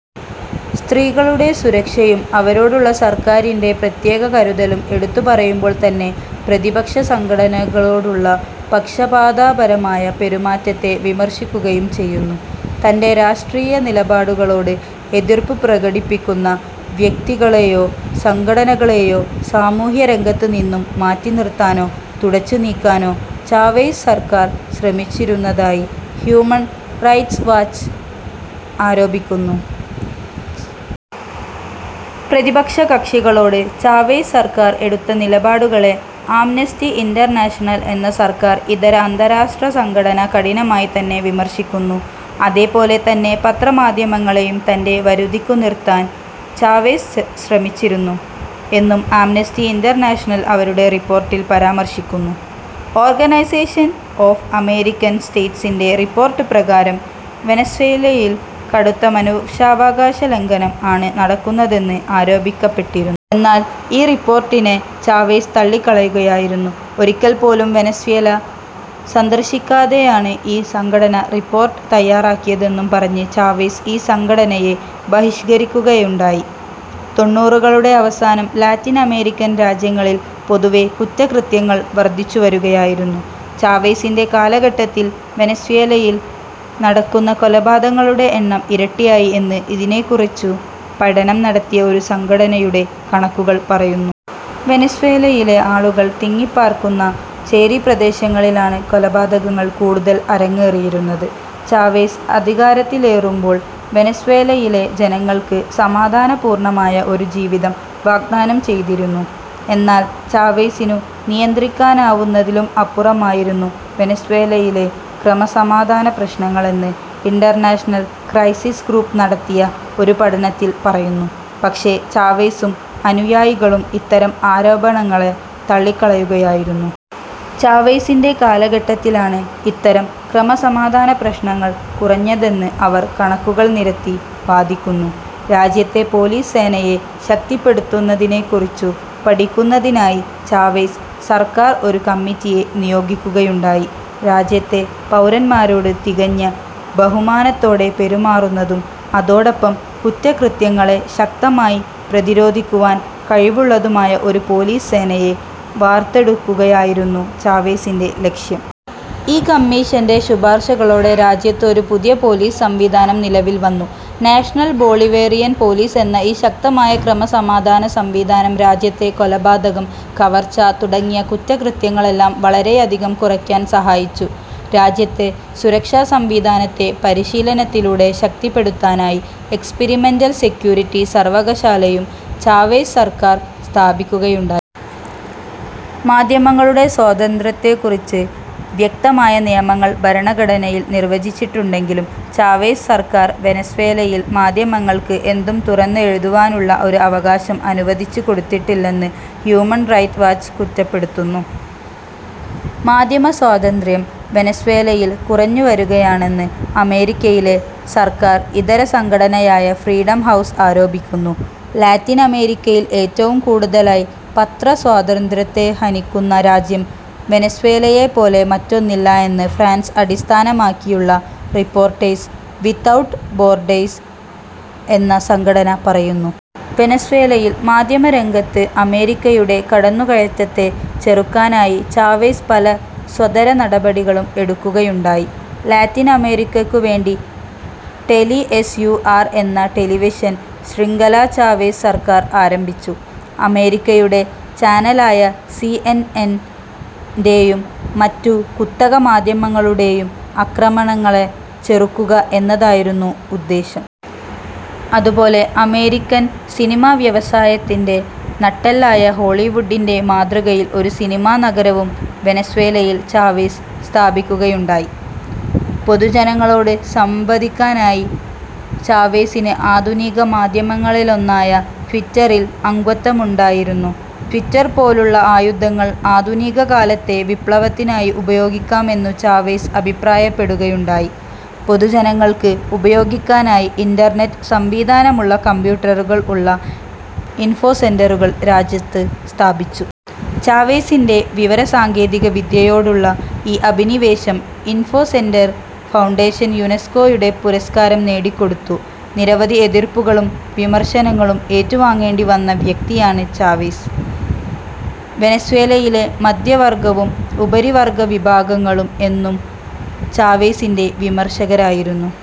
സ്ത്രീകളുടെ സുരക്ഷയും, അവരോടുള്ള സർക്കാരിന്റെ പ്രത്യേക കരുതലും എടുത്തു പറയുമ്പോൾ തന്നെ പ്രതിപക്ഷസംഘടനകളോടുള്ള പക്ഷപാതപരമായ പെരുമാറ്റത്തെ വിമർശിക്കുകയും ചെയ്യുന്നു. തൻ്റെ രാഷ്ട്രീയ നിലപാടുകളോട് എതിർപ്പു പ്രകടിപ്പിക്കുന്ന വ്യക്തികളേയോ സംഘടനകളേയോ സാമൂഹ്യരംഗത്ത് നിന്നും മാറ്റിനിർത്താനോ, തുടച്ചു നീക്കാനോ ചാവേസ് സർക്കാർ ശ്രമിച്ചിരുന്നതായി ഹ്യൂമൻ റൈറ്റ്സ് വാച്ച് ആരോപിക്കുന്നു. പ്രതിപക്ഷകക്ഷികളോട് ചാവേസ് സർക്കാർ എടുത്ത നിലപാടുകളെ ആംനസ്റ്റി ഇൻ്റർനാഷണൽ എന്ന സർക്കാർ ഇതര അന്താരാഷ്ട്ര സംഘടന കഠിനമായി തന്നെ വിമർശിക്കുന്നു. അതേപോലെ തന്നെ പത്രമാധ്യമങ്ങളെയും തൻ്റെ വരുതിക്കു നിർത്താൻ ചാവേസ് ശ്ര ശ്രമിച്ചിരുന്നു എന്നും ആംനസ്റ്റി ഇൻ്റർനാഷണൽ അവരുടെ റിപ്പോർട്ടിൽ പരാമർശിക്കുന്നു. ഓർഗനൈസേഷൻ ഓഫ് അമേരിക്കൻ സ്റ്റേറ്റ്സിൻ്റെ റിപ്പോർട്ട് പ്രകാരം വെനസ്വേലയിൽ കടുത്ത മനുഷ്യാവകാശലംഘനം ആണ് നടക്കുന്നതെന്ന് ആരോപിക്കപ്പെട്ടിരു എന്നാൽ ഈ റിപ്പോർട്ടിനെ ചാവേസ് തള്ളിക്കളയുകയായിരുന്നു. ഒരിക്കൽ പോലും വെനസ്വേല സന്ദർശിക്കാതെയാണ് ഈ സംഘടന റിപ്പോർട്ട് തയ്യാറാക്കിയതെന്നും പറഞ്ഞ് ചാവേസ് ഈ സംഘടനയെ ബഹിഷ്കരിക്കുകയുണ്ടായി. തൊണ്ണുറുകളുടെ അവസാനം ലാറ്റിനമേരിക്കൻ രാജ്യങ്ങളിൽ പൊതുവേ കുറ്റകൃത്യങ്ങൾ വർദ്ധിച്ചുവരുകയായിരുന്നു. ചാവേസിൻ്റെ കാലഘട്ടത്തിൽ വെനസ്വേലയിൽ നടക്കുന്ന കൊലപാതകങ്ങളുടെ എണ്ണം ഇരട്ടിയായി എന്ന് ഇതിനെക്കുറിച്ചു പഠനം നടത്തിയ ഒരു സംഘടനയുടെ കണക്കുകൾ പറയുന്നു. വെനസ്വേലയിലെ ആളുകൾ തിങ്ങിപ്പാർക്കുന്ന ചേരിപ്രദേശങ്ങളിലാണ് കൊലപാതകങ്ങൾ കൂടുതൽ അരങ്ങേറിയിരുന്നത്. ചാവേസ് അധികാരത്തിലേറുമ്പോൾ വെനസ്വേലയിലെ ജനങ്ങൾക്ക് സമാധാനപൂർണ്ണമായ ഒരു ജീവിതം വാഗ്ദാനം ചെയ്തിരുന്നു. എന്നാൽ ചാവേസിനു നിയന്ത്രിക്കാനാവുന്നതിലും അപ്പുറമായിരുന്നു വെനസ്വേലയിലെ ക്രമസമാധാനപ്രശ്നങ്ങളെന്ന്, ഇന്റർനാഷണൽ ക്രൈസിസ് ഗ്രൂപ്പ് നടത്തിയ ഒരു പഠനത്തിൽ പറയുന്നു. പക്ഷേ ചാവേസും അനുയായികളും ഇത്തരം ആരോപണങ്ങളെ തള്ളിക്കളയുകയായിരുന്നു. ചാവേസിന്റെ കാലഘട്ടത്തിലാണ് ഇത്തരം ക്രമസമാധാനപ്രശ്നങ്ങൾ കുറഞ്ഞതെന്ന് അവർ കണക്കുകൾ നിരത്തി വാദിക്കുന്നു. രാജ്യത്തെ പോലീസ് സേനയെ ശക്തിപ്പെടുത്തുന്നതിനെക്കുറിച്ചു പഠിക്കുന്നതിനായി ചാവേസ് സർക്കാർ ഒരു കമ്മിറ്റിയെ നിയോഗിക്കുകയുണ്ടായി. രാജ്യത്തെ പൗരന്മാരോട് തികഞ്ഞ ബഹുമാനത്തോടെ പെരുമാറുന്നതും അതോടൊപ്പം കുറ്റകൃത്യങ്ങളെ ശക്തമായി പ്രതിരോധിക്കുവാൻ കഴിവുള്ളതുമായ ഒരു പോലീസ് സേനയെ വാർത്തെടുക്കുകയായിരുന്നു ചാവേസിന്റെ ലക്ഷ്യം. ഈ കമ്മീഷന്റെ ശുപാർശകളോടെ രാജ്യത്ത് ഒരു പുതിയ പോലീസ് സംവിധാനം നിലവിൽ വന്നു. നാഷണൽ ബൊളിവേറിയൻ പോലീസ് എന്ന ഈ ശക്തമായ ക്രമസമാധാന സംവിധാനം രാജ്യത്തെ കൊലപാതകം, കവർച്ച തുടങ്ങിയ കുറ്റകൃത്യങ്ങളെല്ലാം വളരെയധികം കുറക്കാൻ സഹായിച്ചു. രാജ്യത്തെ സുരക്ഷാസംവിധാനത്തെ പരിശീലനത്തിലൂടെ ശക്തിപ്പെടുത്താനായി എക്സിപിരിമെൻ്റൽ സെക്യൂരിറ്റി സർവ്വകലാശാലയും ചാവേസ് സർക്കാർ സ്ഥാപിക്കുകയുണ്ടായി. മാധ്യമങ്ങളുടെ സ്വാതന്ത്ര്യത്തെക്കുറിച്ച് വ്യക്തമായ നിയമങ്ങൾ ഭരണഘടനയിൽ നിർവചിച്ചിട്ടുണ്ടെങ്കിലും, ചാവേസ് സർക്കാർ വെനസ്വേലയിൽ മാധ്യമങ്ങൾക്ക് എന്തും തുറന്നു എഴുതുവാനുള്ള ഒരു അവകാശം അനുവദിച്ചുകൊടുത്തിട്ടില്ലെന്ന് ഹ്യൂമൻ റൈറ്റ്സ് വാച്ച് കുറ്റപ്പെടുത്തുന്നു. മാധ്യമസ്വാതന്ത്ര്യം വെനസ്വേലയിൽ കുറഞ്ഞുവരുകയാണെന്ന് അമേരിക്കയിലെ സര്ക്കാർ ഇതര സംഘടനയായ ഫ്രീഡം ഹൗസ് ആരോപിക്കുന്നു. ലാറ്റിനമേരിക്കയിൽ ഏറ്റവും കൂടുതലായി പത്രസ്വാതന്ത്ര്യത്തെ ഹനിക്കുന്ന രാജ്യം വെനസ്വേലയെപ്പോലെ മറ്റൊന്നില്ല എന്ന് ഫ്രാൻസ് അടിസ്ഥാനമാക്കിയുള്ള റിപ്പോർട്ടേഴ്സ് വിത്തൗട്ട് ബോർഡേഴ്സ് എന്ന സംഘടന പറയുന്നു. വെനസ്വേലയിൽ മാധ്യമരംഗത്ത് അമേരിക്കയുടെ കടന്നുകയറ്റത്തെ ചെറുക്കാനായി ചാവേസ് പല സത്വര നടപടികളും എടുക്കുകയുണ്ടായി. ലാറ്റിനമേരിക്കക്കു വേണ്ടി ടെലി എസ്. യു. ആർ എന്ന ടെലിവിഷൻ ശൃംഖല ചാവേസ് സർക്കാർ ആരംഭിച്ചു. അമേരിക്കയുടെ ചാനലായ സി. എൻ. എൻ ൻ്റെയും മറ്റു കുത്തക മാധ്യമങ്ങളുടേയും ആക്രമണങ്ങളെ ചെറുക്കുക എന്നതായിരുന്നു ഉദ്ദേശ്യം. അതുപോലെ അമേരിക്കൻ സിനിമാ വ്യവസായത്തിന്റെ നട്ടെല്ലായ ഹോളിവുഡിന്റെ മാതൃകയിൽ ഒരു സിനിമാ നഗരവും വെനസ്വേലയിൽ ചാവേസ് സ്ഥാപിക്കുകയുണ്ടായി. പൊതുജനങ്ങളോട് സംവദിക്കാനായി ചാവേസിന് ആധുനിക മാധ്യമങ്ങളിലൊന്നായ ട്വിറ്ററിൽ അംഗത്വമുണ്ടായിരുന്നു. ട്വിറ്റർ പോലുള്ള ആയുധങ്ങൾ ആധുനികകാലത്തെ വിപ്ലവത്തിനായി ഉപയോഗിക്കാം എന്നും ചാവേസ് അഭിപ്രായപ്പെടുകയുണ്ടായി. പൊതുജനങ്ങൾക്ക് ഉപയോഗിക്കാനായി ഇൻ്റർനെറ്റ് സംവിധാനമുള്ള കമ്പ്യൂട്ടറുകൾ ഉള്ള ഇൻഫോസെന്ററുകൾ രാജ്യത്ത് സ്ഥാപിച്ചു. ചാവേസിന്റെ വിവരസാങ്കേതികവിദ്യയോടുള്ള ഈ അഭിനിവേശം ഇൻഫോസെന്റർ ഫൗണ്ടേഷന് യുനെസ്കോയുടെ പുരസ്കാരം നേടിക്കൊടുത്തു. നിരവധി എതിർപ്പുകളും വിമർശനങ്ങളും ഏറ്റുവാങ്ങേണ്ടി വന്ന വ്യക്തിയാണ് ചാവെസ്. വെനസ്വേലയിലെ മധ്യവർഗ്ഗവും ഉപരിവർഗ്ഗ വിഭാഗങ്ങളും എന്നും ചാവെസിന്റെ വിമർശകരായിരുന്നു.